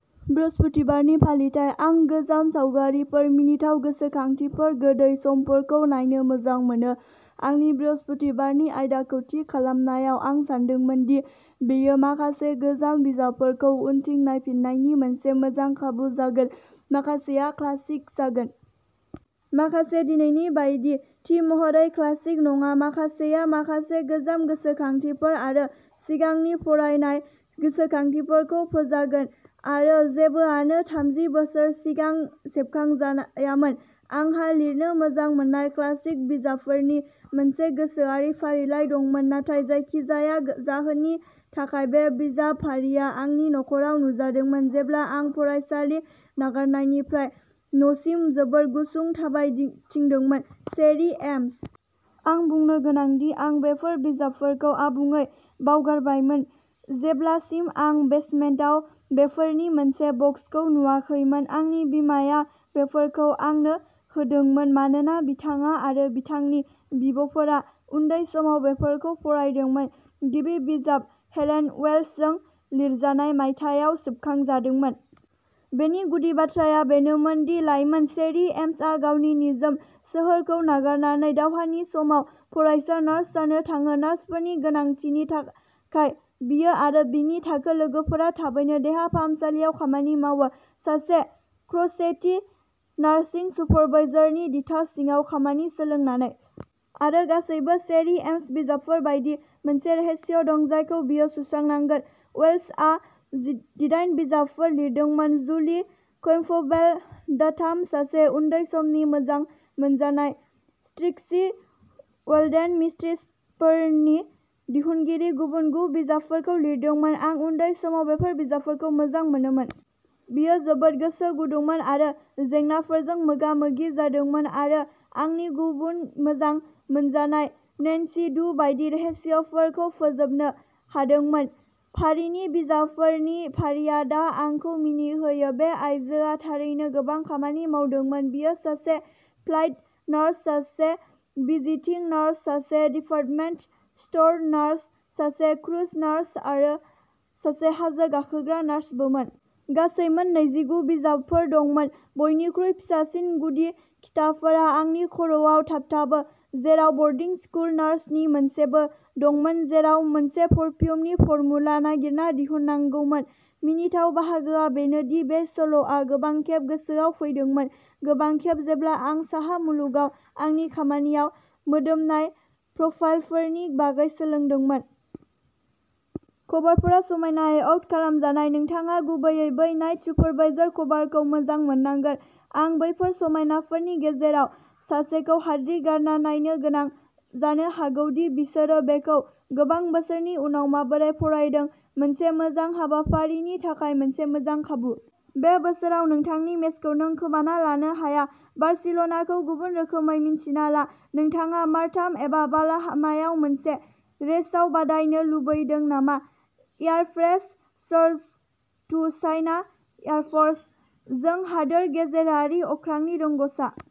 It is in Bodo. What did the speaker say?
बृहस्पतिबारनि फालिथाय। आं गोजाम सावगारिफोर, मिनिथाव गोसोखांथिफोर, गोदै समफोरखौ नायनो मोजां मोनो। आंनि बृहस्पतिबारनि आयदाखौ थि खालामनायाव, आं सानदोंमोन दि बेयो माखासे गोजाम बिजाबफोरखौ उनथिं नायफिन्नायनि मोनसे मोजां खाबु जागोन। माखासेआ क्लासिक जागोन। माखासे दिनैनि बायदि, थि महरै क्लासिक नङा। माखासेया माखासे गोजाम गोसोखांथिफोर आरो सिगांनि फरायनाय गोसोखांथिफोरखौ फोजागोन। आरो जेबोआनो थामजि बोसोर सिगां सेबखांजायामोन। आंहा लिरनो मोजां मोन्नाय क्लासिक बिजाबफोरनि मोनसे गोसोआरि फारिलाइ दंमोन, नाथाय जायखिजाया जाहोननि थाखाय, बे बिजाब फारिआ आंनि खर'आव नुजादोंमोन जेब्ला आं फरायसालि नागारनायनिफ्राय न'सिम जोबोद गुसु थाबायथिंदोंमोन चेरी एम्स। आं बुंनो गोनां दि आं बेफोर बिजाबफोरखौ आबुङै बावगारबायमोन जेब्लासिम आं बेसमेन्टाव बेफोरनि मोनसे बक्सखौ नुवाखैमोन। आंनि बिमाया बेफोरखौ आंनो होदोंमोन मानोना बिथाङा आरो बिथांनि बिब'फोरा उन्दै समाव बेफोरखौ फरायदोंमोन। गिबि बिजाब, हेलेन वेल्सजों लिरजानाय, मायथाइयाव सेबखांजादोंमोन। बेनि गुदि बाथ्राया बेनोमोन दि लाइमोन चेरी एम्सआ गावनि निजोम सोहोरखौ नागारनानै दावहानि समाव फरायसा नार्स जानो थाङो। नार्सफोरनि गोनांथिनि थाखाय, बियो आरो बिनि थाखो लोगोफोरा थाबैनो देहा फाहामसालियाव खामानि मावो, सासे क्र'चेटी नार्सिं सुपारभाइजारनि दिथा सिङाव खामानि सोलोंनानै। आरो, गासैबो चेरी एम्स बिजाबफोर बायदि, मोनसे रहस्य दं जायखौ बियो सुस्रांनांगोन। वेल्सआ दिदाइन बिजाबफोर लिरदोंमोन। जुलि कैम्पबेल टाथाम, सासे उन्दै समनि मोजां मोनजानाय, ट्रिक्सी बेल्डेन मिस्ट्रिफोरनि दिहुनगिरि, गुबुन गु बिजाबफोरखौ लिरदोंमोन। आं उन्दै समाव बेफोर बिजाबफोरखौ मोजां मोनोमोन। बियो जोबोद गोसो गुदुंमोन आरो जेंनाफोरजों मोगा-मोगि जादोंमोन आरो आंनि गुबुन मोजां मोनजानाय नैन्सी ड्रू बायदि, रहस्यफोरखौ फोजोबनो हादोंमोन। फारिनि बिजाबफोरनि फारिया दा आंखौ मिनिहोयो। बे आइजोआ थारैनो गोबां खामानि मावदोंमोन। बियो सासे फ्लाइट नार्स, सासे विजिटिं नार्स, सासे डिपार्टमेन्ट स्ट'र नार्स, सासे क्रुज नार्स, आरो सासे हाजो गाखोग्रा नार्सबोमोन। गासै मोन नैजिगु बिजाबफोर दंमोन। बयनिख्रुइ फिसासिन गुदि खिथाफोरा आंनि खर'आव थाबथाबो, जेराव बर्डिं स्कुल नार्स नि मोनसेबो दंमोन, जेराव मोनसे पारफिउमनि फर्मुला नागिरना दिहुननांगौमोन। मिनिथाव बाहागोआ बेनो दि बे सल'आ गोबां खेब गोसोआव फैदोंमोन, गोबां खेब जेब्ला आं साहा मुलुगाव आंनि खामानियाव मोदोमनाय प्रफाइलफोरनि बागै सोलोंदोंमोन। कभारफोरा समायनायै अक्ट' खालामजानाय नोंथाङा गुबैयै बै नाइट सुपारभाइजार कभारखौ मोजां मोननांगोन। आं बेफोर समायनाफोरनि गेजेराव सासेखौ हाद्रि गारना नायनो गोनां जानो हागौ दि बिसोरो बेखौ गोबां बोसोरनि उनाव माबोरै फरायदों। मोनसे मोजां हाबाफारिनि थाखाय मोनसे मोजां खाबु! बे बोसोराव नोंथांनि मेचखौ नों खोमाना लानो हाया बार्सिल'नाखौ गुबुन रोखोमै मिन्थिना ला। नोंथाङा मारथान एबा बालाहामायाव मोनसे रेसाव बादायनो लुबैदों नामा air freight charges to China airports. जों हादोर गेजेरारि अख्रांनि रोंग'सा।